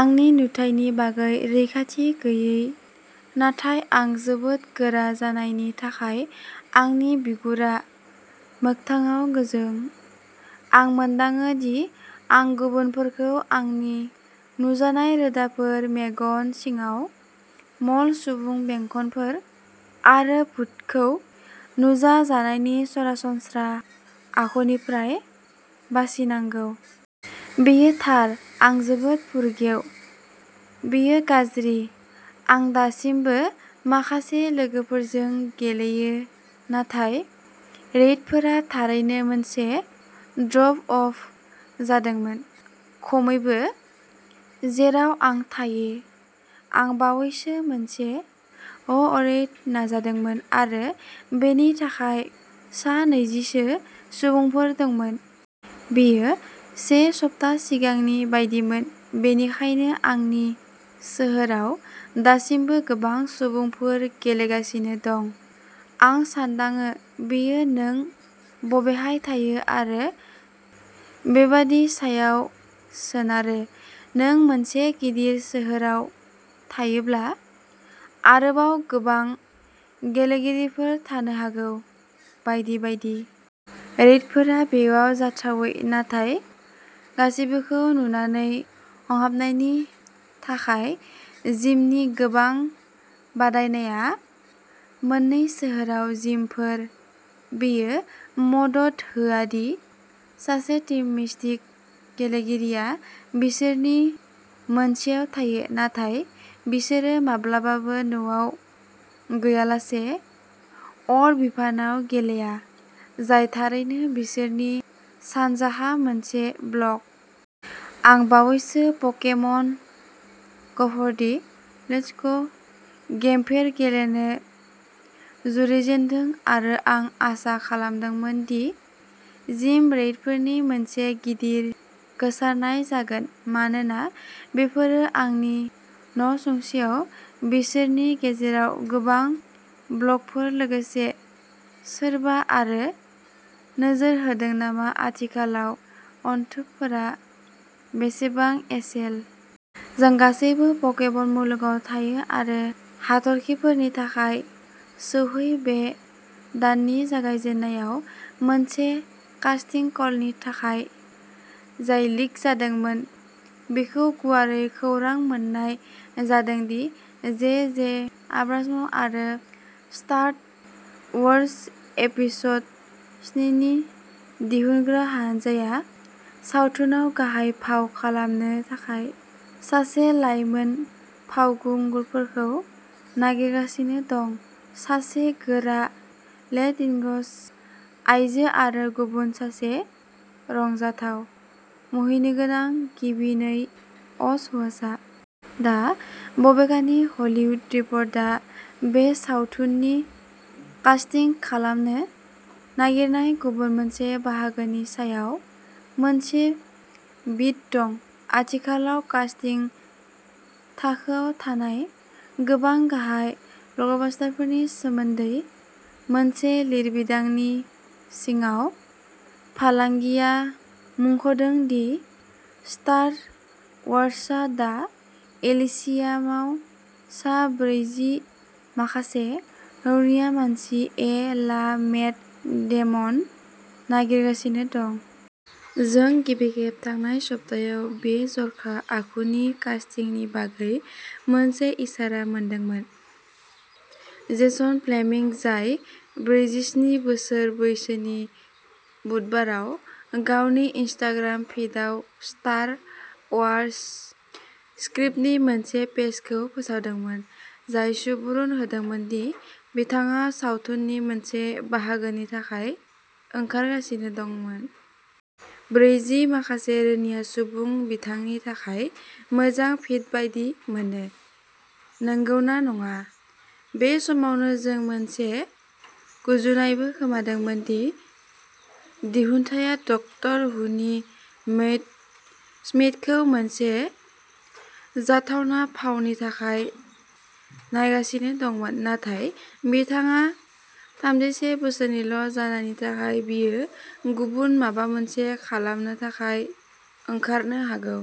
आंनि नुथायनि बागै रैखाथि गैयि, नाथाय आं जोबोद गोरा जानायनि थाखाय आंनि बिगुरा मोगथाङाव गोजों। आं मोनदाङो दि आं गुबुनफोरखौ आंनि नुजानाय रोदाफोर, मेगन सिङाव म'ल सुबुं बेंखनफोर, आरो भुतखौ नुजा जानायनि सरासनस्रा आखुनिफ्राय बासिनांगौ। बेयो थार आं जोबोद फुरगेव, बेयो गाज्रि। आं दासिमबो माखासे लोगोफोरजों गेलेयो नाथाय रेइडफोरा थारैनो मोनसे ड्रप अफ जादोंमोन खमैबो जेराव आं थायो। आं बावैसो मोनसे ह'अरेइड नाजादोंमोन आरो बेनि थाखाय सा नैजिसो सुबुंफोर दंमोन। बेयो से सप्ता सिगांनि बायदिमोन, बेनिखायनो आंनि सोहोराव दासिमबो गोबां सुबुंफोर गेलेगासिनो दं। आं सान्दाङो बेयो नों बबेहाय थायो आरो बेबादिनि सायाव सोनारो। नों मोनसे गिदिर सोहोराव थायोब्ला आरोबाव गोबां गेलेगिरिफोर थानो हागौ, बायदि बायदि। रेइडफोरा बेयाव जाथावै, नाथाय गासिबोखौ नुनानै हांहाबनायनि थाखाय जिमनि गोबां बादायनाया मोननै सोहोराव जिमफोर। बेयो मदद होआ दि सासे टिम मिस्टिक गेलेगिरिया बिसोरनि मोनसेयाव थायो। नाथाय बिसोरो माब्लाबाबो न'आव गैयालासे अर बिफानआव गेलेया, जाय थारैनो बिसोरनि सानजाहा मोनसे ब्लक। आं बावैसो पकेमन ग'फर दि लेट्स ग' गेमफोर गेलेनो जुरिजेनदों आरो आं आसा खालामदोंमोन दि जिम रेइडफोरनि मोनसे गिदिर गोसारनाय जागोन मानोना बेफोरो आंनि नसुंसेआव बिसोरनि गेजेराव गोबां ब्लकफोर लोगोसे, सोरबा आरो नोजोर होदों नामा आथिखालाव अनथोबफोरा बेसेबां एसेल'? जों गासैबो पकेमन मुलुगाव थायो आरो हाथरखिफोरनि थाखाय सौहै बे दाननि जागायजेननायाव मोनसे कास्टिं कलनि थाखाय, जाय लिक जादोंमोन, बेखौ गुवारै खौरां मोन्नाय जादों दि जे जे आब्राम्स आरो स्टार अवार्स एपिस'ड स्नि नि दिहुनग्रा हानजाया सावथुनाव गाहाय फाव खालामनो थाखाय सासे लाइमोन फावखुंगुरफोरखौ नागिरगासिनो दं सासे गोरा लेट-टिनएज आइजो आरो गुबुन सासे रंजाथाव, मुहिनिगोनां गिबि नै अ'स हौवासा। दा, बबेखानि, हलिउद रिप'र्टरआ बे सावथुननि कास्टिं खालामनो नागिरनाय गुबुन मोनसे बाहागोनि सायाव मोनसे बीट दं। आथिखालाव कास्टिं थाखोआव थानाय गोबां गाहाय ब्लकबास्टारफोरनि सोमोन्दै मोनसे लिरबिदांनि सिङाव, फालांगिया मुंख'दों दि स्टार अवार्सआ दा एलिसियामाव सा ब्रैजि माखासे रौनिया मानसि ए ला मेट डेमन नागिरगासिनो दं। जों गिबि खेब थांनाय सप्तायाव बे जर'खा आखुनि कास्टिंनि बागै मोनसे इसारा मोनदोंमोन। जेसन फ्लेमिंग-जाय ब्रैजिस्नि बोसोर बैसोनि-बुधबाराव गावनि इनस्टाग्राम फिडआव स्टार अवार्स स्क्रिप्टनि मोनसे पेजखौ फोसावदोंमोन, जाय सुबुरुन होदोंमोन दि बिथाङा सावथुननि मोनसे बाहागोनि थाखाय ओंखारगासिनो दंमोन। ब्रैजि माखासे रौनिया सुबुं बिथांनि थाखाय मोजां फिट बायदि मोनो, नंगौना नङा? बे समावनो जों मोनसे गुजुनायबो खोनादोंमोन दि दिहुनथाया डक्टर हुनि मैट स्मिथखौ मोनसे जाथावना फावनि थाखाय नायगासिनो दंमोन, नाथाय बिथाङा थामजिसे बोसोरनिल'जानायनि थाखाय बियो गुबुन माबा मोनसे खालामनो थाखाय ओंखारनो हागौ।